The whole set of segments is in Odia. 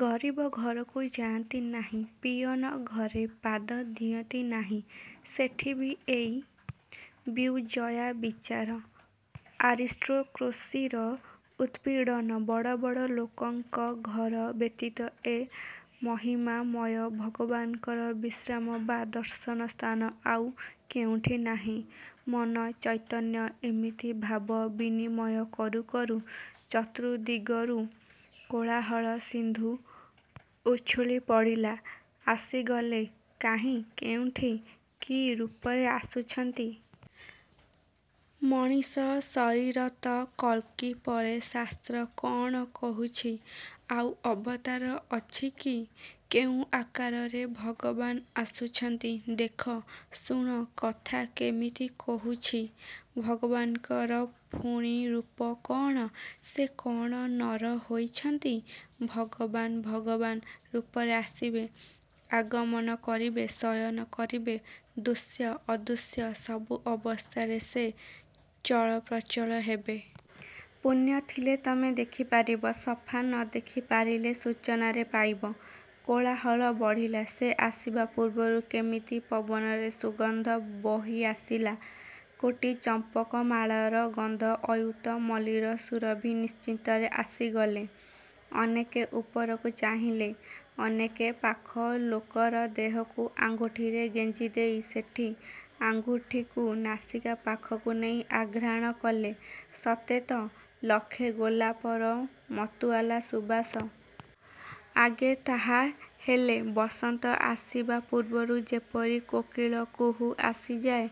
ଗରିବ ଘରକୁ ଯାଆନ୍ତି ନାହିଁ, ପିଅନ ଘରେ ପାଦ ଦିଅତି ନାହିଁ, ସେଠି ବି ଏଇ ବ୍ୟୁଜୟା ବିଚାର, ଆରିଷ୍ଟ୍ରୋକ୍ରୋସିର ଉତ୍ପୀଡ଼ନ; ବଡ଼ ବଡ଼ ଲୋକଙ୍କ ଘର ବ୍ୟତୀତ ଏ ମହିମାମୟ ଭଗବାନଙ୍କର ବିଶ୍ରାମ ବା ଦର୍ଶନ ସ୍ଥାନ ଆଉ କେଉଁଠି ନାହିଁ? ମନ ଚୈତନ୍ୟ ଏମିତି ଭାବ ବିନିମୟ କରୁ କରୁ ଚତୁର୍ଦ୍ଦିଗରୁ କୋଳାହଳ-ସିନ୍ଧୁ ଉଛୁଳିପଡ଼ିଲା–ଆସିଗଲେ–କାହିଁ, କେଉଁଠି, କି ରୂପରେ ଆସୁଛନ୍ତି? ମଣିଷଶରୀର ତ? କଳ୍କି ପରେ ଶାସ୍ତ୍ର କଅଣ କହୁଛି, ଆଉ ଅବତାର ଅଛି କି? କେଉଁ ଆକାରରେ ଭଗବାନ ଆସୁଛନ୍ତି? ଦେଖ, ଶୁଣ, କଥା କେମିତି କହୁଛି, ଭଗବାନଙ୍କର ପୁଣି ରୂପ କଅଣ? ସେ କଅଣ ନର ହୋଇଛନ୍ତି? ଭଗବାନ ଭଗବାନ ରୂପରେ ଆସିବେ, ଆଗମନ କରିବେ, ଶୟନ କରିବେ, ଦୁଶ୍ୟ, ଅଦୁଶ୍ୟ ସବୁ ଅବସ୍ଥାରେ ସେ ଚଳପ୍ରଚଳ ହେବେ। ପୁଣ୍ୟ ଥିଲେ ତମେ ଦେଖିପାରିବ, ସଫା ନଦେଖି ପାରିଲେ ସୂଚନାରେ ପାଇବ। କୋଳାହଳ ବଢ଼ିଲା। ସେ ଆସିବା ପୂର୍ବରୁ କେମିତି ପବନରେ ସୁଗନ୍ଧ ବୋହିଆସିଲା। କୋଟି ଚମ୍ପକମାଳର ଗନ୍ଧ, ଅୟୁତ ମଲ୍ଲୀର ସୁରଭି-ନିଶ୍ଚିତରେ ଆସିଗଲେ। ଅନେକେ ଉପରକୁ ଚାହିଁଲେ, ଅନେକେ ପାଖ ଲୋକର ଦେହକୁ ଆଙ୍ଗୁଠିରେ ଗେଞ୍ଜି ଦେଇ ସେଠି ଆଙ୍ଗୁଠିକୁ ନାସିକା-ପାଖକୁ ନେଇ ଆଘ୍ରାଣ କଲେ; ସତେ ତ ଲକ୍ଷେ ଗୋଲାପର ମତୁଆଲା ସୁବାସ। ଆଗେ ତାହା ହେଲେ ବସନ୍ତ ଆସିବା ପୂର୍ବରୁ ଯେପରି କୋକିଳକୁହୁ ଆସିଯାଏ,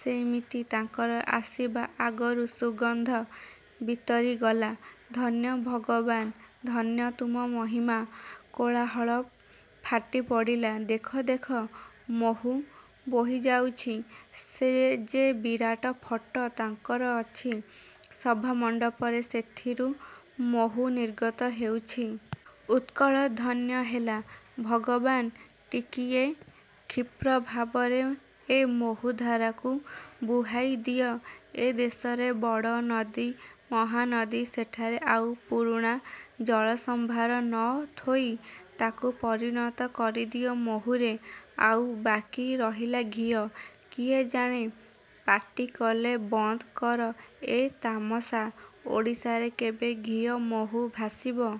ସେମିତି ତାଙ୍କର ଆସିବା ଆଗରୁ ସୁଗନ୍ଧ ବିତରିଗଲା। ଧନ୍ୟ ଭଗବାନ, ଧନ୍ୟ ତୁମ ମହିମା! କୋଳାହଳ ଫାଟିପଡ଼ିଲା–ଦେଖ, ଦେଖ, ମହୁ ବୋହିଯାଉଛି, ସେ ଯେ ବିରାଟ ଫଟ ତାଙ୍କର ଅଛି ସଭାମଣ୍ଡପରେ, ସେଥିରୁ ମହୁ ନିର୍ଗତ ହେଉଛି। ଉତ୍କଳ ଧନ୍ୟ ହେଲା। ଭଗବାନ, ଟିକିଏ କ୍ଷୀପ୍ରଭାବରେ ଏ ମହୁଧାରାକୁ ବୁହାଇ ଦିଅ; ଏ ଦେଶରେ ବଡ଼ ନଦୀ ମହାନଦୀ, ସେଠାରେ ଆଉ ପୁରୁଣା ଜଳସମ୍ଭାର ନ ଥୋଇ ତାକୁ ପରିଣତ କରିଦିଅ ମହୁରେ ଆଉ ବାକୀ ରହିଲା ଘିଅ। କିଏ ଜାଣେ ପାଟି କଲେ–ବନ୍ଦ କର ଏ ତାମସା, ଓଡ଼ିଶାରେ କେବେ ଘିଅ ମହୁ ଭାସିବ-?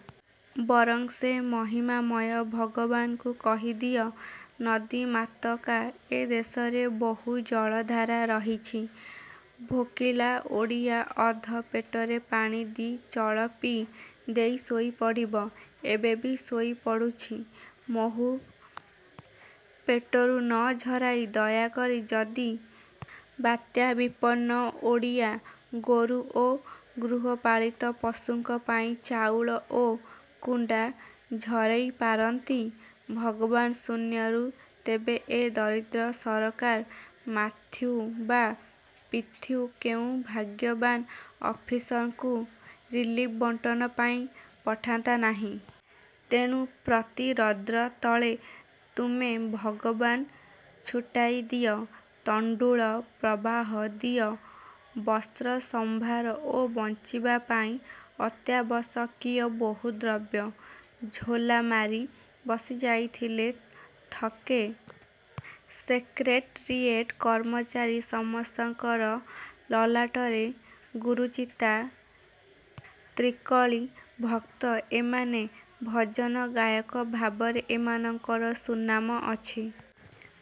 ବରଂ ସେ ମହିମାମୟ ଭଗବାନଙ୍କୁ କହିଦିଅ, ନଦୀମାତକା ଏ ଦେଶରେ ବହୁ ଜଳଧାରା ରହିଛି, ଭୋକିଲା ଓଡ଼ିଆ ଅଧ ପେଟରେ ପାଣି ଦି'ଚଳ ପି ଦେଇ ଶୋଇପଡ଼ିବ, ଏବେ ବି ଶୋଇପଡ଼ୁଛି। ମହୁ ପେଟରୁ ନ ଝରାଇ ଦୟାକରି ଯଦି ବାତ୍ୟାବିପନ୍ନ ଓଡ଼ିଆ, ଗୋରୁ ଓ ଗୃହପାଳିତ ପଶୁଙ୍କ ପାଇଁ ଚାଉଳ ଓ କୁଣ୍ଡା ଝରେଇ ପାରନ୍ତି ଭଗବାନ ଶୂନ୍ୟରୁ, ତେବେ ଏ ଦରିଦ୍ର ସରକାର ମାଥ୍ୟୁ ବା ପିଥ୍ୟୁ କେଉଁ ଭଗ୍ୟବାନ ଅଫିସରଙ୍କୁ ରିଲିଫ ବଣ୍ଟନ ପାଇଁ ପଠାନ୍ତାନାହିଁ। ତେଣୁ ପ୍ରତି ରଦ୍ର ତଳେ ତୁମେ ଭଗବାନ ଛୁଟାଇଦିଅ ତଣ୍ଡୁଳ ପ୍ରବାହ, ଦିଅ ବସ୍ତ୍ରସମ୍ଭାର ଓ ବଞ୍ଚିବାପାଇଁ ଅତ୍ୟାବଶ୍ୟକୀୟ ବହୁ ଦ୍ରବ୍ୟ। ଝୋଲାମାରି ବସିଯାଇଥିଲେ ଥକେ ସେକ୍ରେଟରିଏଟ କର୍ମଚାରୀ। ସମସ୍ତଙ୍କର ଲଲାଟରେ ଗୁରୁଚିତା, ତ୍ରିକଳି। ଭକ୍ତ ଏମାନେ; ଭଜନ ଗାୟକ ଭାବରେ ଏମାନଙ୍କର ସୁନାମ ଅଛି-।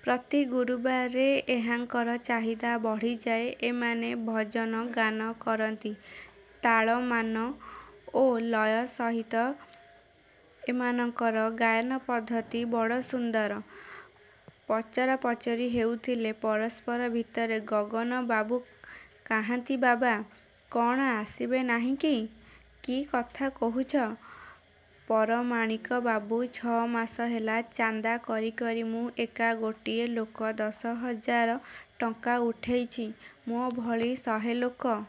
ପ୍ରତି ଗୁରୁବାରରେ ଏହାଙ୍କର ଚାହିଦା ବଢ଼ିଯାଏ…. ଏମାନେ ଭଜନ ଗାନକରନ୍ତି। ତାଳମାନ ଓ ଲୟ ସହିତ ଏମାନଙ୍କର ଗାୟନପଦ୍ଧତି ବଡ଼ ସୁନ୍ଦର। ପଚରାପଚରି ହେଉଥିଲେ ପରସ୍ପର ଭିତରେ ଗଗନ ବାବୁ, କାହାନ୍ତି ବାବା? କଅଣ ଆସିବେ ନାହିଁ କି?... କି କଥା କହୁଛ, ପରମାଣିକ ବାବୁ, ଛଅମାସ ହେଲା ଚାନ୍ଦା କରି କରି ମୁଁ ଏକା ଗୋଟିଏ ଲୋକ ଦଶହଜାର ଟଙ୍କା ଉଠେଇଛି। ମୋ' ଭଳି ଶହେ ଲୋକ